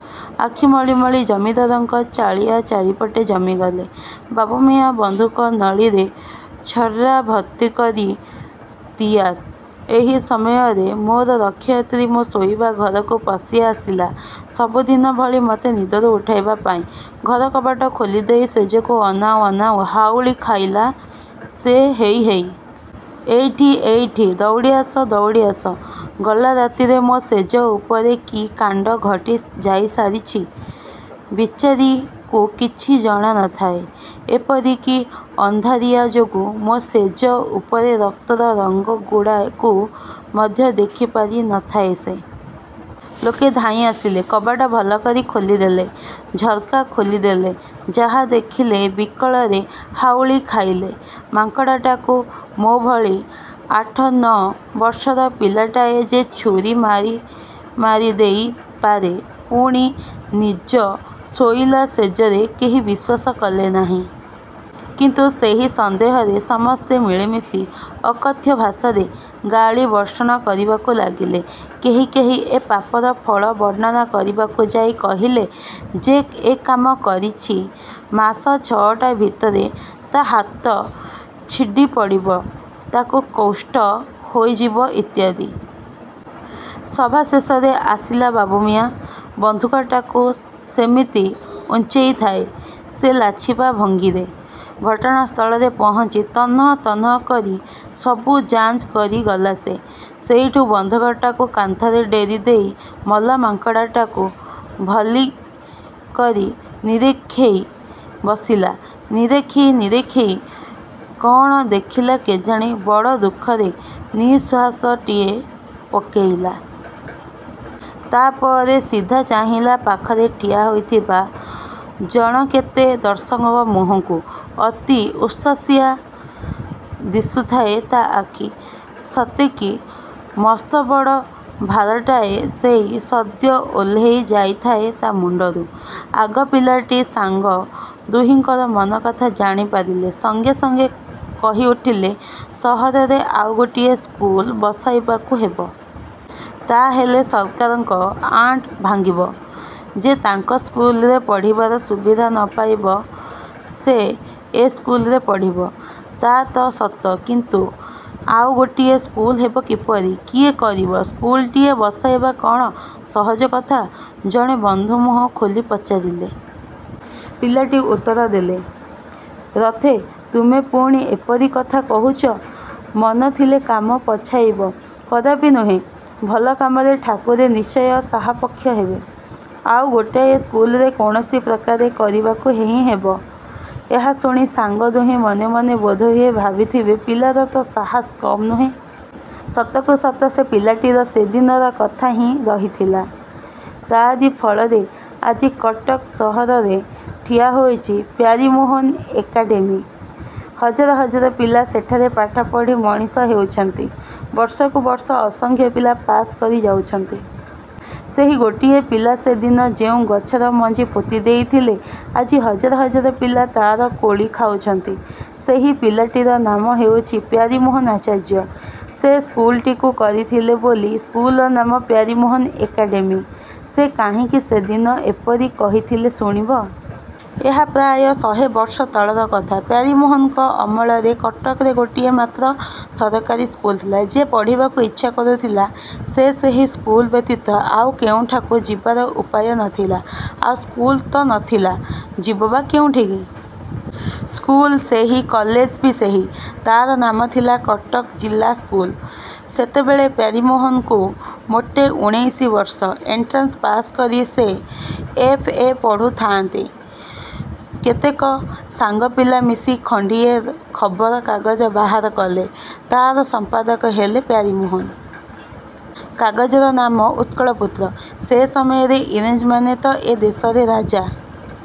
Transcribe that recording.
ଆଖି ମଳିମଳି ଜମିଦାରଙ୍କ ଚାଳିଆ ଚାରିପଟେ ଜମିଗଲେ। ବାବୁମିଆଁ ବନ୍ଧୁକ ନଳୀରେ ଛର୍ରା ଭର୍ତ୍ତି କରି ତିଆର୍। ଏହି ସମୟରେ ମୋର ରକ୍ଷୟିତ୍ରୀ ମୋ ଶୋଇବା ଘରକୁ ପଶି ଆସିଲା ସବୁଦିନ ଭଳି ମତେ ନିଦରୁ ଉଠେଇବା ପାଇଁ। ଘର କବାଟ ଖୋଲି ଦେଇ ଶେଯକୁ ଅନାଉ ଅନାଉ ହାଉଳି ଖାଇଲା ସେ ହେଇ ହେଇ! ଏଇଠି ଏଇଠି! ଦଉଡ଼ି ଆସ ଦଉଡ଼ି ଆସ! ଗଲା ରାତିରେ ମୋ ଶେଯ ଉପରେ କି କାଣ୍ଡ ଘଟି ଯାଇସାରିଛି ବିଚାରୀକୁ କିଛି ଜଣା ନ ଥାଏ। ଏପରିକି, ଅନ୍ଧାରିଆ ଯୋଗୁଁ ମୋ ଶେଯ ଉପରେ ରକ୍ତର ରଙ୍ଗ ଗୁଡ଼ାକୁ ମଧ୍ୟ ଦେଖିପାରି ନ ଥାଏ ସେ। ଲୋକେ ଧାଇଁ ଆସିଲେ। କବାଟ ଭଲ କରି ଖୋଲିଦେଲେ। ଝର୍କା ଖୋଲି ଦେଲେ। ଯାହାଦେଖିଲେ ବିକଳରେ ହାଉଳି ଖାଇଲେ। ମାଙ୍କଡ଼ଟାକୁ ମୋ ଭଳି ଆଠ ନ' ବର୍ଷର ପିଲାଟାଏ ଯେ ଛୁରୀ ମାରି ମାରିଦେଇ ପାରେ ପୁଣି ନିଜ ଶୋଇଲା ଶେଯରେ କେହି ବିଶ୍ୱାସ କଲେ ନାହିଁ। କିନ୍ତୁ ସେହି ସନ୍ଦେହରେ ସମସ୍ତେ ମିଳିମିଶି ଅକଥ୍ୟ ଭାଷାରେ ଗାଳିବର୍ଷଣ କରିବାକୁ ଲାଗିଲେ। କେହି କେହି ଏ ପାପର ଫଳ ବର୍ଣ୍ଣନା କରିବାକୁ ଯାଇ କହିଲେ, ଯେ ଏ କାମ କରିଛି ମାସ ଛଅଟା ଭିତରେ ତା' ହାତ ଛିଡ଼ି ପଡ଼ିବ। ତାକୁ କୁଷ୍ଠ ହୋଇଯିବ ଇତ୍ୟାଦି। ସଭାଶେଷରେ ଆସିଲା ବାବୁମିଆଁ। ବନ୍ଧୁକଟାକୁ ସେମିତି ଉଞ୍ଚେଇଥାଏ ସେ ଲାଛିବା ଭଙ୍ଗିରେ। ଘଟଣାସ୍ଥଳରେ ପହଞ୍ଚି ତନଃ ତନଃ କରି ସବୁ ଯାଞ୍ଚ କରିଗଲା ସେ। ସେଇଠୁ ବନ୍ଧୁକଟାକୁ କାନ୍ଥରେ ଡେରି ଦେଇ ମଲା ମାଙ୍କଡ଼ଟାକୁ ଭଲି କରି ନିରେଖି ବସିଲା। ନିରେଖି ନିରେଖି କ'ଣ ଦେଖିଲା କେଜାଣି ବଡ଼ ଦୁଃଖରେ ନିଃଶ୍ୱାସଟିଏ ପକେଇଲା। ତାପରେ ସିଧା ଚାହିଁଲା ପାଖରେ ଠିଆ ହେଇଥିବା ଜଣକେତେ ଦର୍ଶକଙ୍କ ମୁହଁକୁ। ଅତି ଉଶ୍ୱାସିଆ ଦିଶୁଥାଏ ତା ଆଖି। ସତେକି ମସ୍ତବଡ଼ ଭାରାଟାଏ ସେଇ ସଦ୍ୟ ଓହ୍ଲେଇ ଯାଇଥାଏ ତା ମୁଣ୍ଡରୁ। ଆଗ ପିଲାଟି ସାଙ୍ଗ ଦୁହିଁଙ୍କର ମନକଥା ଜାଣିପାରିଲେ। ସାଙ୍ଗେ ସାଙ୍ଗେ କହି ଉଠିଲେ, "ସହରରେ ଆଉ ଗୋଟିଏ ସ୍କୁଲ ବସାଇବାକୁ ହେବ। ତା ହେଲେ ସରକାରଙ୍କ ଆଣ୍ଟ ଭାଙ୍ଗିବ। ଯେ ତାଙ୍କ ସ୍କୁଲରେ ପଢ଼ିବାର ସୁବିଧା ନ ପାଇବ। ସେ ଏ ସ୍କୁଲରେ ପଢ଼ିବ। ତା ତ ସତ କିନ୍ତୁ ଆଉ ଗୋଟିଏ ସ୍କୁଲ ହେବ କିପରି? କିଏ କରିବ? ସ୍କୁଲଟିଏ ବସାଇବା କଅଣ ସହଜ କଥା ଜଣେ ବନ୍ଧୁ ମୁହଁ ଖୋଲି ପଚାରିଲେ। ପିଲାଟି ଉତ୍ତର ଦେଲେ ରଥେ ତୁମେ ପୁଣି ଏପରି କଥା କହୁଛ? ମନ ଥିଲେ କାମ ପଛାଇବ? କଦାପି ନୁହେ। ଭଲ କାମରେ ଠାକୁରେ ନିଶ୍ଚୟ ସାହାପକ୍ଷ ହେବେ। ଆଉ ଗୋଟାଏ ସ୍କୁଲ ଯେ କୌଣସି ପ୍ରକାରେ କରିବାକୁ ହିଁ ହେବ। ଏହା ଶୁଣି ସାଙ୍ଗ ଦୁହେଁ ମନେମନେ ବୋଧହୁଏ ଭାବିଥିବେ ପିଲାର ତ ସାହସ କମ୍ ନୁହେ। ସତକୁ ସତ ସେ ପିଲାଟିର ସେ ଦିନର କଥା ହିଁ ରହିଥିଲା। ତାରି ଫଳରେ ଆଜି କଟକ ସହରରେ ଠିଆ ହୋଇଛି ପ୍ୟାରୀମୋହନ ଏକାଡେମୀ ହଜାର ହଜାର ପିଲା ସେଥିରେ ପାଠ ପଢ଼ି ମଣିଷ ହେଉଛନ୍ତି। ବର୍ଷକୁ ବର୍ଷ ଅସଂଖ୍ୟ ପିଲା ପାଶ୍ କରି ଯାଉଛନ୍ତି। ସେହି ଗୋଟିଏ ପିଲା ସେ ଦିନ ଯେଉଁ ଗଛର ମଞ୍ଜି ପୋତିଦେଇଥିଲେ, ଆଜି ହଜାର ହଜାର ପିଲା, ତାର କୋଳି ଖାଉଛନ୍ତି। ସେହି ପିଲାଟିର ନାମ ହେଉଛି ପ୍ୟାରୀମୋହନ ଆଚାର୍ଯ୍ୟ। ସେ ସ୍କୁଲଟିକୁ କରିଥିଲେ ବୋଲି ସ୍କୁଲର ନାମ 'ପ୍ୟାରୀମୋହନ ଏକାଡେମୀ'। ସେ କାହିଁକି ସେ ଦିନ ଏପରି କହିଥିଲେ ଶୁଣିବ? ଏହା ପ୍ରାୟ ଶହେ ବର୍ଷ ତଳର କଥା। ପ୍ୟାରୀମୋହନଙ୍କ ଅମଳରେ କଟକରେ ଗୋଟିଏ ମାତ୍ର ସରକାରୀ ସ୍କୁଲ ଥିଲା। ଯେ ପଢ଼ିବାକୁ ଇଛା କରୁଥିଲା, ସେ ସେହି ସ୍କୁଲ ବ୍ୟତୀତ ଆଉ କେଉଁଠାକୁ ଯିବାର ଉପାୟ ନ ଥିଲା। ଆଉ ସ୍କୁଲ ତ ନ ଥିଲା; ଯିବ ବା କେଉଁଠିକି? ସ୍କୁଲ ସେହି, କଲେଜ ବି ସେହି। ତାର ନାମ ଥିଲା କଟକ ଜିଲ୍ଲା ସ୍କୁଲ। ସେତେବେଳେ ପ୍ୟାରୀମୋହନଙ୍କୁ ମୋଟେ ଊଣେଇଶି ବର୍ଷ। ଏଣ୍ଟ୍ରାନ୍ସ ପାଶ୍ କରି ସେ ଏଫ୍. ଏ ପଢ଼ୁଥାଆନ୍ତି। କେତକ ସାଙ୍ଗପିଲା ମିଶି ଖଣ୍ଡିଏ ଖବର କାଗଜ ବାହାର କଲେ। ତାର ସମ୍ପାଦକ ହେଲେ ପ୍ୟାରୀମୋହନ। କାଗଜର ନାମ ଉତ୍କଳପୁତ୍ର। ସେ ସମୟରେ ଇଂରେଜମାନେ ତ ଏ ଦେଶରେ ରାଜା।